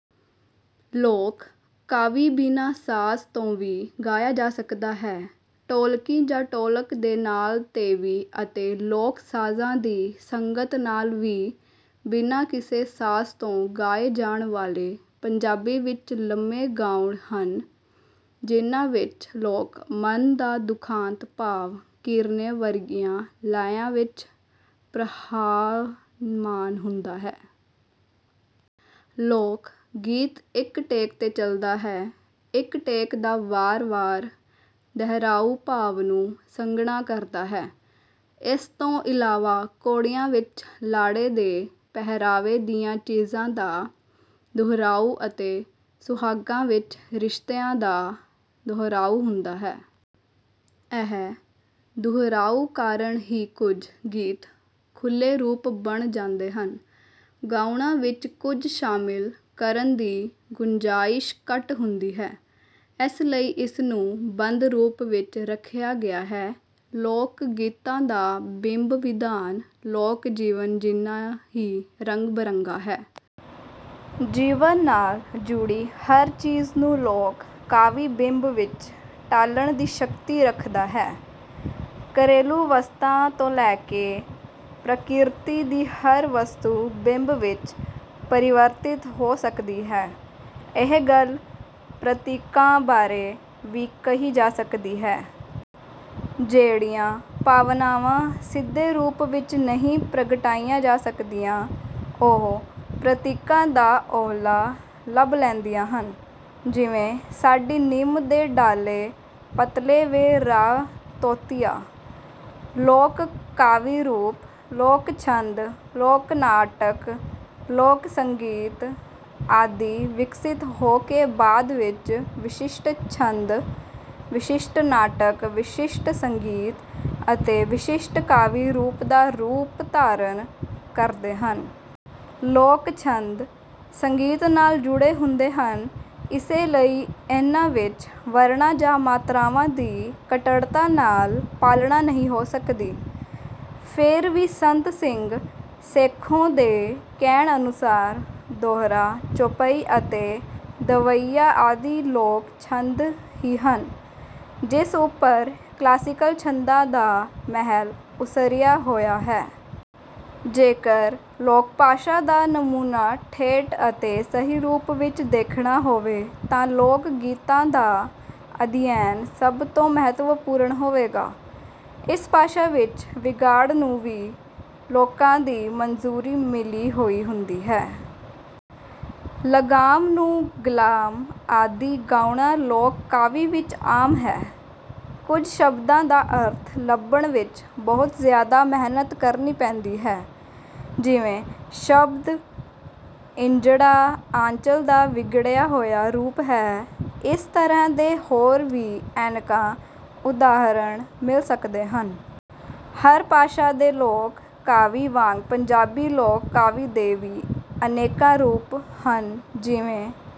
ਲੋਕ ਕਾਵਿ ਬਿਨਾਂ ਸਾਜ਼ ਤੋਂ ਵੀ ਗਾਇਆ ਜਾ ਸਕਦਾ ਹੈ। ਢੋਲਕੀ ਜਾਂ ਢੋਲਕ ਦੇ ਤਾਲ ਤੇ ਵੀ ਅਤੇ ਲੋਕ ਸਾਜ਼ਾਂ ਦੀ ਸੰਗਤ ਨਾਲ ਵੀ। ਬਿਨਾਂ ਕਿਸੇ ਸਾਜ਼ ਤੋਂ ਗਾਏ ਜਾਣ ਵਾਲੇ ਪੰਜਾਬੀ ਵਿੱਚ ਲੰਮੇ ਗਾਉਣ ਹਨ ਜਿਨ੍ਹਾਂ ਵਿੱਚ ਲੋਕ ਮਨ ਦਾ ਦੁਖਾਂਤ-ਭਾਵ ਕੀਰਨੇ ਵਰਗੀਆਂ ਲੈਆਂ ਵਿੱਚ ਪ੍ਰਵਾਹਮਾਨ ਹੁੰਦਾ ਹੈ। ਲੋਕ ਗੀਤ ਇੱਕ ਟੇਕ ਤੇ ਚਲਦਾ ਹੈ, ਇੱਕ ਟੇਕ ਦਾ ਵਾਰ ਵਾਰ ਦਹਰਾਉ ਭਾਵ ਨੂੰ ਸੰਘਣਾ ਕਰਦਾ ਹੈ। ਇਸ ਤੋਂ ਇਲਾਵਾ ਘੋੜੀਆਂ ਵਿੱਚ ਲਾੜੇ ਦੇ ਪਹਿਰਾਵੇ ਦੀਆਂ ਚੀਜ਼ਾਂ ਦਾ ਦੁਹਰਾਉ ਅਤੇ ਸੁਹਾਗਾਂ ਵਿੱਚ ਰਿਸ਼ਤਿਆਂ ਦਾ ਦੁਹਰਾਉ ਹੁੰਦਾ ਹੈ। ਇਹ ਦੁਹਰਾਉ ਕਾਰਣ ਹੀ ਕੁਝ ਗੀਤ ਖੁੱਲੇ ਰੂਪ ਬਣ ਜਾਂਦੇ ਹਨ। ਗਾਉਣਾਂ ਵਿੱਚ ਕੁਝ ਸ਼ਾਮਿਲ ਕਰਨ ਦੀ ਗੁੰਜ਼ਾਇਸ਼ ਘੱਟ ਹੁੰਦੀ ਹੈ। ਇਸ ਲਈ ਇਸ ਨੂੰ ਬੰਦ ਰੂਪ ਵਿੱਚ ਰੱਖਿਆ ਗਿਆ ਹੈ। ਲੋਕ ਗੀਤਾਂ ਦਾ ਬਿੰਬ ਵਿਧਾਨ ਲੋਕ ਜੀਵਨ ਜਿੰਨਾਂ ਹੀ ਰੰਗ ਬਰੰਗਾ ਹੈ। ਜੀਵਨ ਨਾਲ ਜੁੜੀ ਹਰ ਚੀਜ਼ ਨੂੰ ਲੋਕ ਕਾਵਿ ਬਿੰਬ ਵਿੱਚ ਢਾਲਣ ਦੀ ਸ਼ਕਤੀ ਰੱਖਦਾ ਹੈ। ਘਰੇਲੂ ਵਸਤਾਂ ਤੋਂ ਲੈ ਕੇ ਪ੍ਰਕਿਰਤੀ ਦੀ ਹਰ ਵਸਤੂ ਬਿੰਬ ਵਿੱਚ ਪਰਿਵਰਤਿਤ ਹੋ ਸਕਦੀ ਹੈ। ਇਹੀ ਗੱਲ ਪ੍ਰਤੀਕਾਂ ਬਾਰੇ ਵੀ ਕਹੀ ਜਾ ਸਕਦੀ ਹੈ। ਜਿਹੜੀਆਂ ਭਾਵਨਾਵਾਂ ਸਿੱਧੇ ਰੂਪ ਵਿੱਚ ਨਹੀਂ ਪ੍ਰਗਟਾਈਆਂ ਜਾ ਸਕਦੀਆਂ ਉਹ ਪ੍ਰਤੀਕਾਂ ਦਾ ਉਹਲਾ ਲੱਭ ਲੈਂਦੀਆਂ ਹਨ। ਜਿਵੇਂ, ਸਾਡੀ ਨਿੰਮ ਦੇ ਡਾਅਲ਼ੇ ਪਤਲੇ ਵੇ ਰਾਅ ਤੋਤਿਆ। ਲੋਕ ਕਾਵਿ ਰੂਪ, ਲੋਕ ਛੰਦ, ਲੋਕ ਨਾਟਕ, ਲੋਕ ਸੰਗੀਤ ਆਦਿ ਵਿਕਸਤ ਹੋ ਕੇ ਬਾਦ ਵਿੱਚ ਵਿਸ਼ਿਸ਼ਟ ਛੰਦ, ਵਿਸ਼ਿਸ਼ਟ ਨਾਟਕ, ਵਿਸ਼ਸ਼ਟ ਸੰਗੀਤ ਅਤੇ ਵਿਸ਼ਿਸ਼ਟ ਕਾਵਿ ਰੂਪ ਦਾ ਰੂਪ ਧਾਰਨ ਕਰਦੇ ਹਨ। ਲੋਕ ਛੰਦ, ਸੰਗੀਤ ਨਾਲ਼ ਜੁੜੇ ਹੁੰਦੇ ਹਨ ਇਸੇ ਲਈ ਇਨ੍ਹਾਂ ਵਿੱਚ ਵਰਣਾਂ ਜਾਂ ਮਾਤਰਾਵਾਂ ਦੀ ਕੱਟੜਤਾ ਨਾਲ ਪਾਲਣਾ ਨਹੀਂ ਹੋ ਸਕਦੀ। ਫਿਰ ਵੀ ਸੰਤ ਸਿੰਘ ਸੇਖੋਂ ਦੇ ਕਹਿਣ ਅਨੁਸਾਰ ਦੋਹਰਾ, ਚੌਪਈ ਅਤੇ ਦਵੱਈਆ ਆਦਿ ਲੋਕ ਛੰਦ ਹੀ ਹਨ ਜਿਸ ਉਪਰ ਕਲਾਸੀਕਲ ਛੰਦਾਂ ਦਾ ਮਹਿਲ ਉਸਰਿਆ ਹੋਇਆ ਹੈ। ਜੇਕਰ ਲੋਕ ਭਾਸ਼ਾ ਦਾ ਨਮੂਨਾ ਠੇਠ ਅਤੇ ਸਹੀ ਰੂਪ ਵਿੱਚ ਦੇਖਣਾ ਹੋਵੇ ਤਾਂ ਲੋਕਗੀਤਾਂ ਦਾ ਅਧਿਐਨ ਸਭ ਤੋਂ ਮਹੱਤਵਪੂਰਣ ਹੋਵੇਗਾ। ਇਸ ਭਾਸ਼ਾ ਵਿੱਚ ਵਿਗਾੜ ਨੂੰ ਵੀ ਲੋਕਾਂ ਦੀ ਮਨਜ਼ੂਰੀ ਮਿਲੀ ਹੋਈ ਹੁੰਦੀ ਹੈ। ਲਗਾਮ ਨੂੰ ਗਲਾਮ ਆਦਿ ਗਾਉਣਾ ਲੋਕ ਕਾਵਿ ਵਿੱਚ ਆਮ ਹੈ। ਕੁਝ ਸ਼ਬਦਾਂ ਦਾ ਅਰਥ ਲੱਭਣ ਵਿੱਚ ਬਹੁਤ ਜ਼ਿਆਦਾ ਮਿਹਨਤ ਕਰਨੀ ਪੈਂਦੀ ਹੈ। ਜਿਵੇਂ ਸ਼ਬਦ ਇੰਜੜਾ, ਆਂਚਲ ਦਾ ਵਿਗੜਿਆ ਹੋਇਆ ਰੂਪ ਹੈ ਇਸ ਤਰ੍ਹਾਂ ਦੇ ਹੋਰ ਵੀ ਅਨੇਕਾਂ ਉਦਾਹਰਣ ਮਿਲ ਸਕਦੇ ਹਨ। ਹਰ ਭਾਸ਼ਾ ਦੇ ਲੋਕ ਕਾਵਿ ਵਾਂਗ ਪੰਜਾਬੀ ਲੋਕ ਕਾਵਿ ਦੇ ਵੀ ਅਨੇਕਾਂ ਰੂਪ ਹਨ ਜਿਵੇਂ